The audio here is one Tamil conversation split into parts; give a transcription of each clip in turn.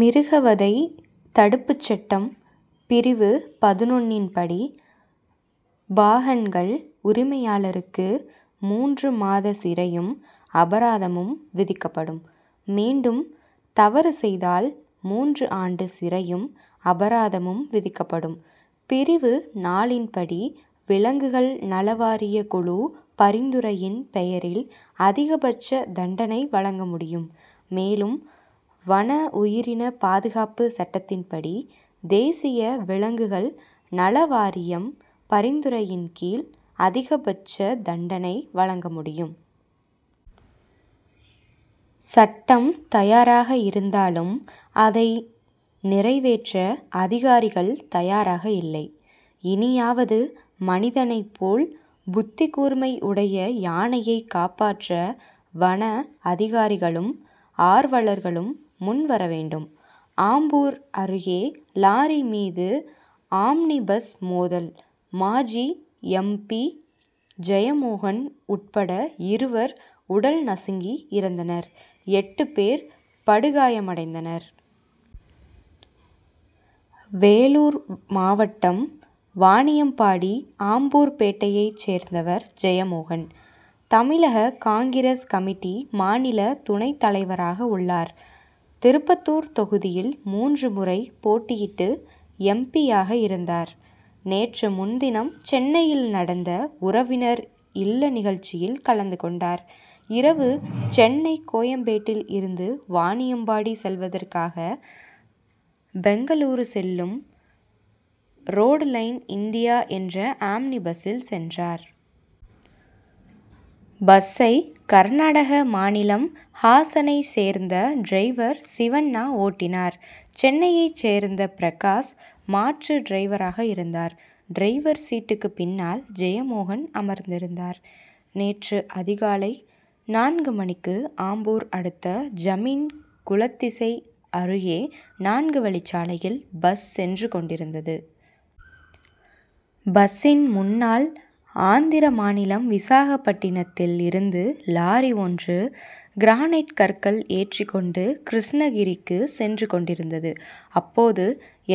மிருகவதை தடுப்புச்சட்டம் பிரிவு பதுனொன்னின் படி, பாகன்கள், உரிமையாளருக்கு மூன்று மாத சிறையும், அபராதமும் விதிக்கப்படும். மீண்டும் தவறு செய்தால் மூன்று ஆண்டு சிறையும், அபராதமும் விதிக்கப்படும். பிரிவு நான்கின்படி, விலங்குகள் நல வாரிய குழு பரிந்துரையின் பெயரில் அதிகபட்ச தண்டனை வழங்க முடியும். மேலும் வனஉயிரின பாதுகாப்பு சட்டத்தின்படி, தேசிய விலங்குகள் நல வாரியம் பரிந்துரையின்கீழ் அதிகபட்ச தண்டனை வழங்க முடியும். சட்டம் தயாராக இருந்தாலும், அதை நிறைவேற்ற அதிகாரிகள் தயாராக இல்லை. இனியாவது மனிதனை போல் புத்திகூர்மை உடைய யானையை காப்பாற்ற வன அதிகாரிகளும், ஆர்வலர்களும் முன்வரவேண்டும். ஆம்பூர் அருகே லாரி மீது ஆம்னி பஸ் மோதல் மாஜி எம். பி., ஜெயமோகன் உட்பட இருவர் உடல் நசுங்கி இறந்தனர்; எட்டு பேர் படுகாயமடைந்தனர். வேலூர் மாவட்டம் வாணியம்பாடி ஆம்பூர்பேட்டையைச் சேர்ந்தவர் ஜெயமோகன்; தமிழக காங்கிரஸ் கமிட்டி மாநில துணை தலைவராக உள்ளார். திருப்பத்தூர் தொகுதியில் மூன்று முறை போட்டியிட்டு எம். பி.,யாக இருந்தார். நேற்று முன்தினம் சென்னையில் நடந்த உறவினர் இல்ல நிகழ்ச்சியில் கலந்து கொண்டார். இரவு சென்னை கோயம்பேட்டில் இருந்து வாணியம்பாடி செல்வதற்காக பெங்களூரு செல்லும், "ரோடுலைன் இண்டியா' என்ற ஆம்னி பஸ்சில் சென்றார். பஸ்சை கர்நாடக மாநிலம் ஹாசனைச் சேர்ந்த டிரைவர் சிவண்ணா ஓட்டினார். சென்னையைச் சேர்ந்த பிரகாஷ் மாற்று டிரைவராக இருந்தார். டிரைவர் சீட்டுக்கு பின்னால் ஜெயமோகன் அமர்ந்திருந்தார். நேற்று அதிகாலை நான்கு மணிக்கு ஆம்பூர் அடுத்த ஜமீன் குளத்திசை அருகே நான்கு வழிச்சாலையில் பஸ் சென்று கொண்டிருந்தது. பஸ்சின் முன்னால் ஆந்திர மாநிலம் விசாகப்பட்டினத்தில் இருந்து லாரி ஒன்று கிரானைட் கற்கள் ஏற்றி கொண்டு கிருஷ்ணகிரிக்கு சென்று கொண்டிருந்தது. அப்போது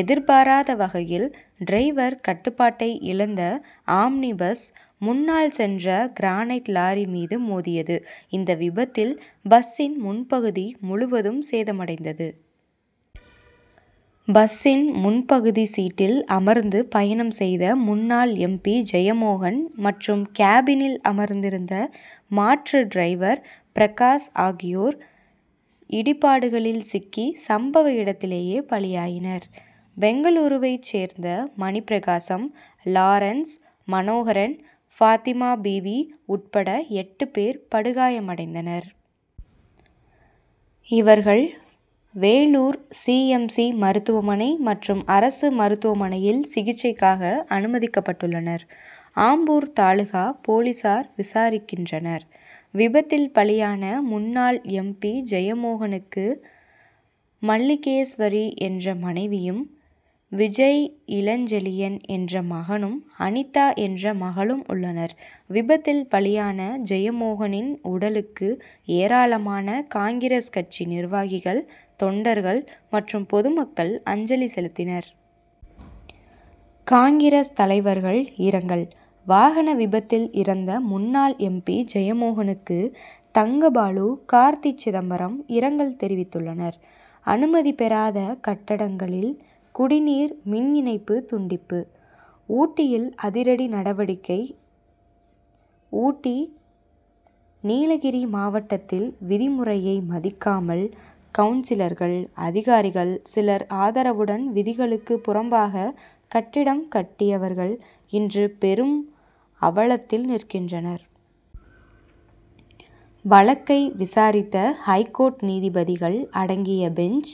எதிர்பாராத வகையில், டிரைவர் கட்டுப்பாட்டை இழந்த ஆம்னி பஸ், முன்னால் சென்ற கிரானைட் லாரி மீது மோதியது. இந்த விபத்தில் பஸ்சின் முன்பகுதி முழுவதும் சேதமடைந்தது. பஸ்சின் முன்பகுதி சீட்டில் அமர்ந்து பயணம் செய்த முன்னாள் எம். பி., ஜெயமோகன் மற்றும் கேபினில் அமர்ந்திருந்த மாற்று டிரைவர் பிரகாஷ் ஆகியோர் இடிபாடுகளில் சிக்கி சம்பவ இடத்திலேயே பலியாயினர். பெங்களூருவைச் சேர்ந்த மணி பிரகாசம் லாரன்ஸ் மனோகரன் பாத்திமாபீவி உட்பட எட்டு பேர் படுகாயமடைந்தனர். இவர்கள், வேலூர் சி. எம். சி., மருத்துவமனை மற்றும் அரசு மருத்துவமனையில் சிகிச்சைக்காக அனுமதிக்கப்பட்டுள்ளனர். ஆம்பூர் தாலுகா போலீசார் விசாரிக்கின்றனர். விபத்தில் பலியான முன்னாள் எம். பி., ஜெயமோகனுக்கு, மல்லிகேஸ்வரி என்ற மனைவியும், விஜய் இளஞ்செழியன் என்ற மகனும், அனிதா என்ற மகளும் உள்ளனர். விபத்தில் பலியான ஜெயமோகனின் உடலுக்கு ஏராளமான காங்கிரஸ் கட்சி நிர்வாகிகள், தொண்டர்கள் மற்றும் பொதுமக்கள் அஞ்சலி செலுத்தினர். காங்கிரஸ் தலைவர்கள் இரங்கல்: வாகன விபத்தில் இறந்த முன்னாள் எம். பி., ஜெயமோகனுக்கு தங்கபாலு, கார்த்தி சிதம்பரம் இரங்கல் தெரிவித்துள்ளனர். அனுமதி பெறாத கட்டடங்களில் குடிநீர், மின் இணைப்பு துண்டிப்பு: ஊட்டியில் அதிரடி நடவடிக்கை ஊட்டி: நீலகிரி மாவட்டத்தில், விதிமுறையை மதிக்காமல், கவுன்சிலர்கள், அதிகாரிகள் சிலர் ஆதரவுடன் விதிகளுக்கு புறம்பாக கட்டடம் கட்டியவர்கள், இன்று பெரும் அவலத்தில் நிற்கின்றனர். வழக்கை விசாரித்த ஐகோர்ட் நீதிபதிகள் அடங்கிய பெஞ்ச்,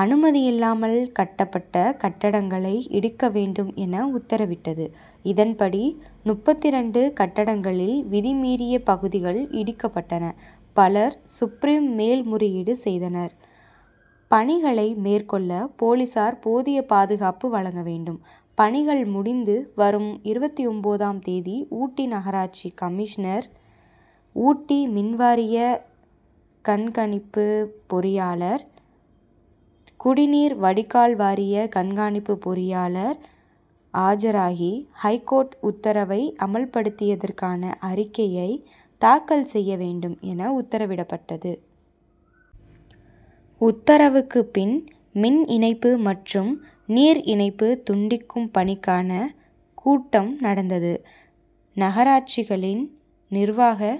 "அனுமதியில்லாமல் கட்டப்பட்ட கட்டடங்களை இடிக்க வேண்டும்' என உத்தரவிட்டது. இதன்படி, முப்பத்தி ரெண்டு கட்டடங்களில், விதிமீறிய பகுதிகள் இடிக்கப்பட்டன. பலர், சுப்ரீம் மேல் முறையீடு செய்தனர். "பணிகளை மேற்கொள்ள, போலீசார் போதிய பாதுகாப்பு வழங்க வேண்டும்; பணிகள் முடிந்து, வரும் இருவத்தி ஒன்பதாம் தேதி ஊட்டி நகராட்சி கமிஷனர், ஊட்டி மின்வாரிய கண்கணிப்பு பொறியாளர், குடிநீர் வடிகால் வாரிய கண்காணிப்பு பொறியாளர் ஆஜராகி, ஹை கோர்ட் உத்தரவை அமல்படுத்தியதற்கான அறிக்கையை தாக்கல் செய்ய வேண்டும்' எனவும் உத்தரவிடப்பட்டது. உத்தரவுக்கு பின், மின் இணைப்பு மற்றும் நீர் இணைப்பு துண்டிக்கும் பணிக்கான கூட்டம் நடந்தது. நகராட்சிகளின் நிர்வாக